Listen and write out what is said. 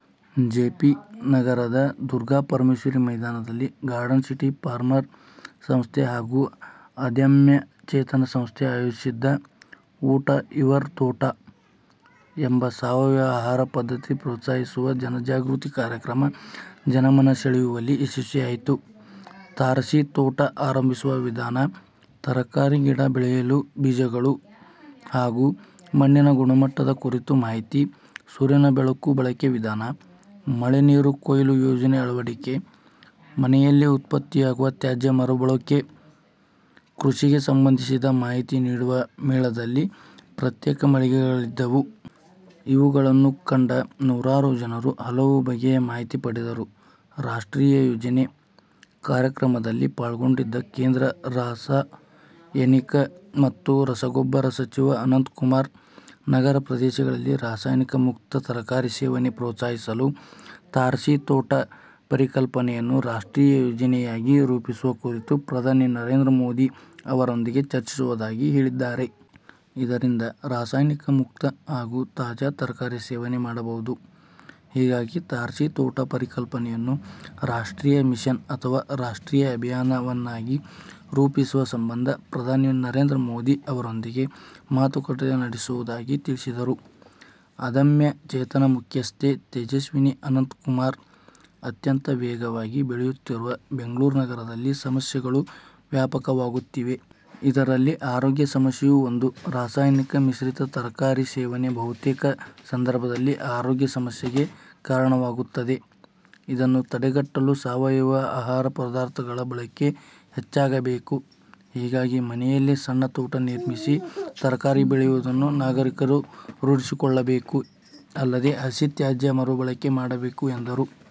J. P. ನಗರದ ದುರ್ಗಾಪರಮೇಶ್ವರಿ ಮೈದಾನದಲ್ಲಿ garden city farmer ಸಂಸ್ಥೆ ಹಾಗೂ ಅದಮ್ಯ ಚೇತನ ಸಂಸ್ಥೆ ಆಯೋಜಿಸಿದ್ದ ''''''ಊಟ ಯುವರ್ ತೋಟ'' ಎಂಬ ಸಾವಯವ ಆಹಾರ ಪದ್ಧತಿ ಪ್ರೋತ್ಸಾಹಿಸುವ ಜನಜಾಗೃತಿ ಕಾರ್ಯಕ್ರಮ ಜನಮನ ಸೆಳೆಯುವಲ್ಲಿ ಯಶಸ್ವಿಯಾಯಿತು. ತಾರಸಿ ತೋಟ ಆರಂಭಿಸುವ ವಿಧಾನ, ತರಕಾರಿ ಗಿಡ ಬೆಳೆಯಲು ಬೀಜಗಳು ಹಾಗೂ ಮಣ್ಣಿನ ಗುಣಮಟ್ಟದ ಕುರಿತು ಮಾಹಿತಿ, ಸೂರ್ಯನ ಬೆಳಕು ಬಳಕೆ ವಿಧಾನ, ಮಳೆ ನೀರು ಕೊಯ್ಲು ಯೋಜನೆ ಅಳವಡಿಕೆ, ಮನೆಯಲ್ಲೇ ಉತ್ಪತ್ತಿಯಾಗುವ ತ್ಯಾಜ್ಯ ಮರುಬಳಕೆ, ಕೃಷಿಗೆ ಸಂಬಂಧಿಸಿದ ಮಾಹಿತಿ ನೀಡಲು ಮೇಳದಲ್ಲಿ ಪ್ರತ್ಯೇಕ ಮಳಿಗೆಗಳಿದ್ದವು. ಇವುಗಳನ್ನು ಕಂಡ ನೂರಾರು ಜನರು ಹಲವು ಬಗೆಯ ಮಾಹಿತಿ ಪಡೆದರು. ರಾಷ್ಟ್ರೀಯ ಯೋಜನೆ: ಕಾರ್ಯಕ್ರಮ ದಲ್ಲಿ ಪಾಲ್ಗೊಂಡಿದ್ದ ಕೇಂದ್ರ ರಾಸಾ ಯನಿಕ ಮತ್ತು ರಸಗೊಬ್ಬರ ಸಚಿವ ಅನಂತಕುಮಾರ್, ನಗರ ಪ್ರದೇಶಗಳಲ್ಲಿ ರಾಸಾಯನಿಕ ಮುಕ್ತ ತರಕಾರಿ ಸೇವನೆ ಪ್ರೋತ್ಸಾಹಿಸಲು ತಾರಸಿ ತೋಟ ಪರಿಕಲ್ಪನೆಯನ್ನು ರಾಷ್ಟ್ರೀಯ ಯೋಜನೆಯಾಗಿ ರೂಪಿಸುವ ಕುರಿತು ಪ್ರಧಾನಿ ನರೇಂದ್ರ ಮೋದಿ ಅವರೊಂದಿಗೆ ಚರ್ಚಿಸುವುದಾಗಿ ಹೇಳಿದ್ದಾರೆ. ಇದರಿಂದ ರಾಸಾಯನಿಕ ಮುಕ್ತ ಹಾಗೂ ತಾಜಾ ತರಕಾರಿ ಸೇವನೆ ಮಾಡಬಹುದು. ಹೀಗಾಗಿ, ತಾರಸಿ ತೋಟ ಪರಿಕಲ್ಪನೆಯನ್ನು ''''ರಾಷ್ಟ್ರೀಯ ಮಿಷನ್'' ಅಥವಾ ''''ರಾಷ್ಟ್ರೀಯ ಅಭಿಯಾನ''ವನ್ನಾಗಿ ರೂಪಿಸುವ ಸಂಬಂಧ ಪ್ರಧಾನಿ ನರೇಂದ್ರ ಮೋದಿ ಅವರೊಂದಿಗೆ ಮಾತುಕತೆ ನಡೆಸುವುದಾಗಿ ತಿಳಿಸಿದರು. ಅದಮ್ಯ ಚೇತನ ಮುಖ್ಯಸ್ಥೆ ತೇಜಸ್ವಿನಿ ಅನಂತ್ಕುಮಾರ್, ಅತ್ಯಂತ ವೇಗವಾಗಿ ಬೆಳೆಯುತ್ತಿರುವ ಬೆಂಗಳೂರು ನಗರದಲ್ಲಿ ಸಮಸ್ಯೆಗಳೂ ವ್ಯಾಪಕವಾಗುತ್ತಿವೆ. ಇದರಲ್ಲಿ ಆರೋಗ್ಯ ಸಮಸ್ಯೆಯೂ ಒಂದು. ರಾಸಾಯನಿಕ ಮಿಶ್ರಿತ ತರಕಾರಿ ಸೇವನೆ ಬಹುತೇಕ ಸಂದರ್ಭದಲ್ಲಿ ಆರೋಗ್ಯ ಸಮಸ್ಯೆಗೆ ಕಾರಣವಾಗುತ್ತದೆ. ಇದನ್ನು ತಡೆಗಟ್ಟಲು ಸಾವಯವ ಆಹಾರ ಪದಾರ್ಥಗಳ ಬಳಕೆ ಹೆಚ್ಚಾಗಬೇಕು. ಹೀಗಾಗಿ, ಮನೆಯಲ್ಲೇ ಸಣ್ಣ ತೋಟ ನಿರ್ಮಿಸಿ ತರಕಾರಿ ಬೆಳೆಯುವುದನ್ನು ನಾಗರಿಕರು ರೂಢಿಸಿಕೊಳ್ಳಬೇಕು. ಅಲ್ಲದೆ, ಹಸಿ ತ್ಯಾಜ್ಯ ಮರುಬಳಕೆ ಮಾಡಬೇಕು ಎಂದರು.